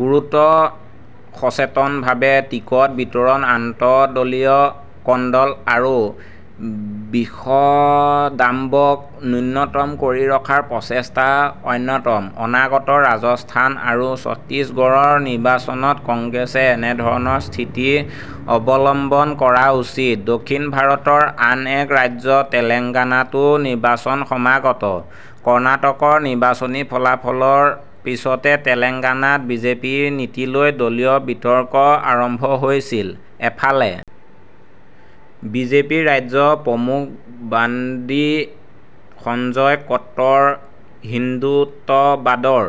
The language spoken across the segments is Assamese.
গুৰুত্ব সচেতনভাৱে টিকট বিতৰণ আন্তঃদলীয় কন্দল আৰু বিসম্বাদক নূন্যতম কৰি ৰখাৰ প্ৰচেষ্টা অন্যতম। অনাগত ৰাজস্থান আৰু ছত্তিশগড়ৰ নিৰ্বাচনত কংগ্ৰেছে এনেধৰণৰ স্থিতি অৱলম্বন কৰা উচিত। দক্ষিণ ভাৰতৰ আন এক ৰাজ্য তেলেঙ্গানাতো নিৰ্বাচন সমাগত ।কৰ্ণাটকৰ নিৰ্বাচনী ফলাফলৰ পিছতে তেলেঙ্গানাত বিজেপিৰ নীতিলৈ দলীয় বিতৰ্ক আৰম্ভ হৈছে। এফালে বিজেপি ৰাজ্য প্ৰমূখ বান্ডী সঞ্জয় কট্টৰ হিন্দুত্ববাদৰ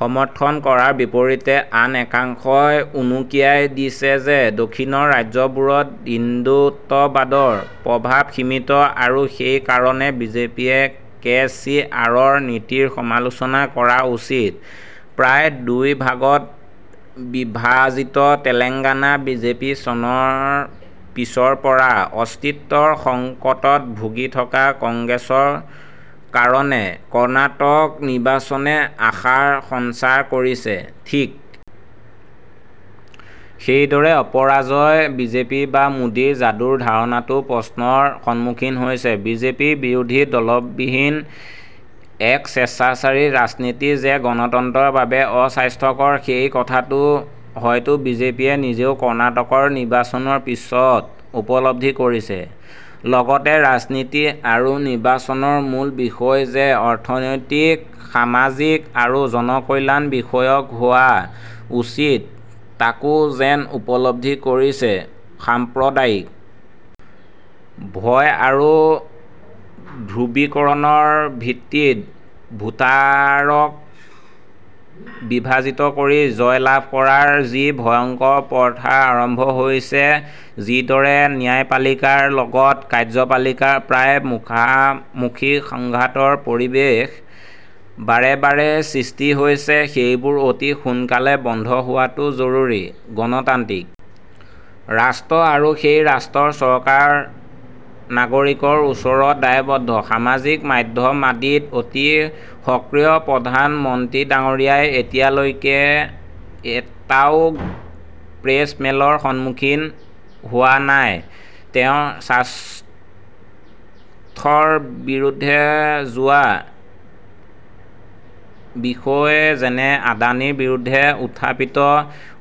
সমৰ্থন কৰাৰ বিপৰীতে আন একাংশই উনুকিয়াই দিছে যে দক্ষিণৰ ৰাজ্যবোৰত হিন্দুত্ববাদৰ প্ৰভাৱ সীমিত আৰু সেই কাৰণে বিজেপিয়ে কে চি আৰৰ নীতিৰ সমালোচনা কৰা উচিত। প্ৰায় দুই ভাগত বিভাজিত তেলেঙ্গানা বিজেপি চনৰ পিছৰ পৰা অস্তিত্বৰ সংকটত ভুগি থকা কংগ্ৰেছৰ কাৰণে কৰ্ণাটক নিৰ্বাচনে আশাৰ সঞ্চাৰ কৰিছে। ঠিক সেইদৰে অপৰাজয় বিজেপি বা মোদীৰ যাদুৰ ধাৰণাটোও প্ৰশ্নৰ সন্মুখীন হৈছে। বিজেপিৰ বিৰোধী দলবিহীন এক স্বেচ্ছাচাৰী ৰাজনীতি যে গণতন্ত্ৰৰ বাবে অস্বাস্থ্যকৰ সেই কথাটো হয়তো বিজেপিয়ে নিজেও কৰ্ণাটকৰ নিৰ্বাচনৰ পিছত উপলব্ধি কৰিছে। লগতে ৰাজনীতি আৰু নিৰ্বাচনৰ মূল বিষয় যে অৰ্থনৈতিক সামাজিক আৰু জনকল্যান বিষয়ক হোৱা উচিত তাকো যেন উপলব্ধি কৰিছে। সাম্প্ৰদায়িক ভয় আৰু ধ্ৰুৱীকৰণৰ ভিত্তিত ভোটাৰক বিভাজিত কৰি জয় লাভ কৰাৰ যি ভয়ঙ্কৰ প্ৰথা আৰম্ভ হৈছে, যিদৰে ন্যায়পালিকাৰ লগত কাৰ্য্যপালিকাৰ প্ৰায় মুখামুখি সংঘাতৰ পৰিবেশ বাৰে বাৰে সৃষ্টি হৈছে, সেইবোৰ অতি সোনকালে বন্ধ হোৱাটো জৰুৰী। গণতান্ত্ৰিক ৰাষ্ট্ৰ আৰু সেই ৰাষ্ট্ৰৰ চৰকাৰ নাগৰিকৰ ওচৰত দায়বদ্ধ। সামাজিক মাধ্যম আদিত অতি সক্ৰিয় প্ৰধান মন্ত্ৰী ডাঙৰীয়াই এতিয়ালৈকে এটাও প্ৰেছ মেলৰ সন্মুখীন হোৱা নাই। তেওঁৰ স্বাৰ্থৰ বিৰুদ্ধে যোৱা বিষয় যেনে আদানীৰ বিৰুদ্ধে উত্থাপিত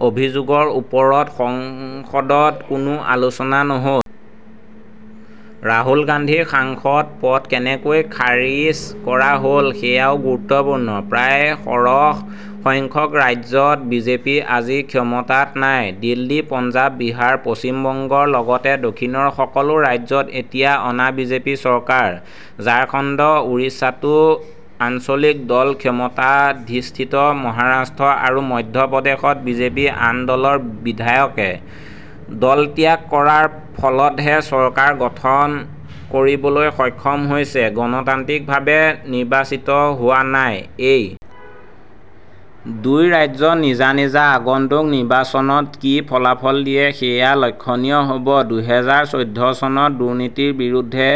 অভিযোগৰ ওপৰত সংসদত কোনো আলোচনা নহল। ৰাহুল গান্ধীৰ সাংসদ পদ কেনেকৈ খাৰিজ কৰা হল সেয়াও গুৰুত্বপূৰ্ণ। প্ৰায় সৰহ সংখ্যক ৰাজ্যত বিজেপি আজি ক্ষমতাত নাই। দিল্লী, পঞ্জাব, বিহাৰ, পশ্চিম বংগৰ লগতে দক্ষিণৰ সকলো ৰাজ্যত এতিয়া অনা বিজেপি চৰকাৰ। ঝাৰখণ্ড ওড়িষ্যাতো আঞ্চলিক দল ক্ষমতাধিষ্ঠিত মহাৰাষ্ট্ৰ আৰু মধ্য প্ৰদেশত বিজেপি আন দলৰ বিধায়কে দলত্যাগ কৰাৰ ফলতহে চৰকাৰ গঠন কৰিবলৈ সক্ষম হৈছে, গণতান্ত্ৰিকভাৱে নিৰ্বাচিত হোৱা নাই। এই দুই ৰাজ্য নিজা-নিজা আগন্তুক নিৰ্বাচনত কি ফলাফল দিয়ে সেয়া লক্ষ্যনীয় হব। দুহেজাৰ চৈধ্য চনত দুৰ্নীতিৰ বিৰুদ্ধে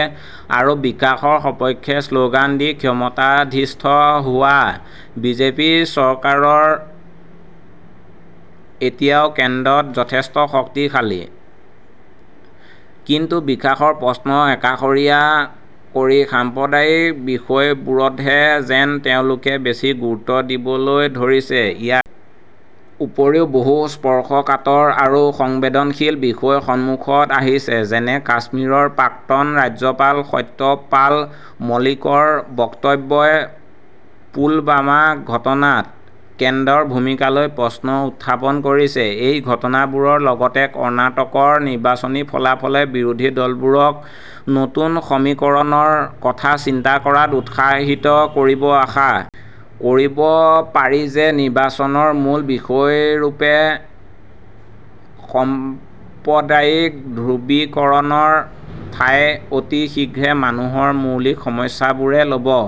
আৰু বিকাশৰ সপক্ষে শ্লগান দি ক্ষমতাধিষ্ঠ হোৱা বিজেপি চৰকাৰ এতিয়াও কেন্দ্ৰত যথেষ্ট শক্তিশালী। কিন্তু বিকাশৰ প্ৰশ্ন একাষৰীয়া কৰি সাম্প্ৰদায়িক বিষয়বোৰতহে যেন তেওঁলোকে বেছি গুৰুত্ব দিবলৈ ধৰিলে। ইয়াৰ ওপৰিও বহু স্পৰ্শকাতৰ আৰু সংবেদনশীল বিষয় সন্মুখত আহিছে, যেনে কাশ্মীৰৰ প্ৰাক্তন ৰাজ্যপাল সত্যপাল মলিকৰ বক্তব্যই পুলৱামা ঘটনাত কেন্দ্ৰৰ ভূমিকালৈ প্ৰশ্ন উত্থাপন কৰিছে। এই ঘটনাবোৰৰ লগতে কৰ্ণাটকৰ নিৰ্বাচনী ফলাফলে বিৰোধী দলবোৰক নতুন সমীকৰণৰ কথা চিন্তা কৰাত উৎসাহিত কৰিব। আশা কৰিব পাৰি যে নিৰ্বাচনৰ মূল বিষয়ৰূপে সাম্প্ৰদায়িক ধ্ৰুৱীকৰণৰ ঠাই অতি শীঘ্ৰে মানুহৰ মৌলিক সমস্যাবোৰে ল'ব।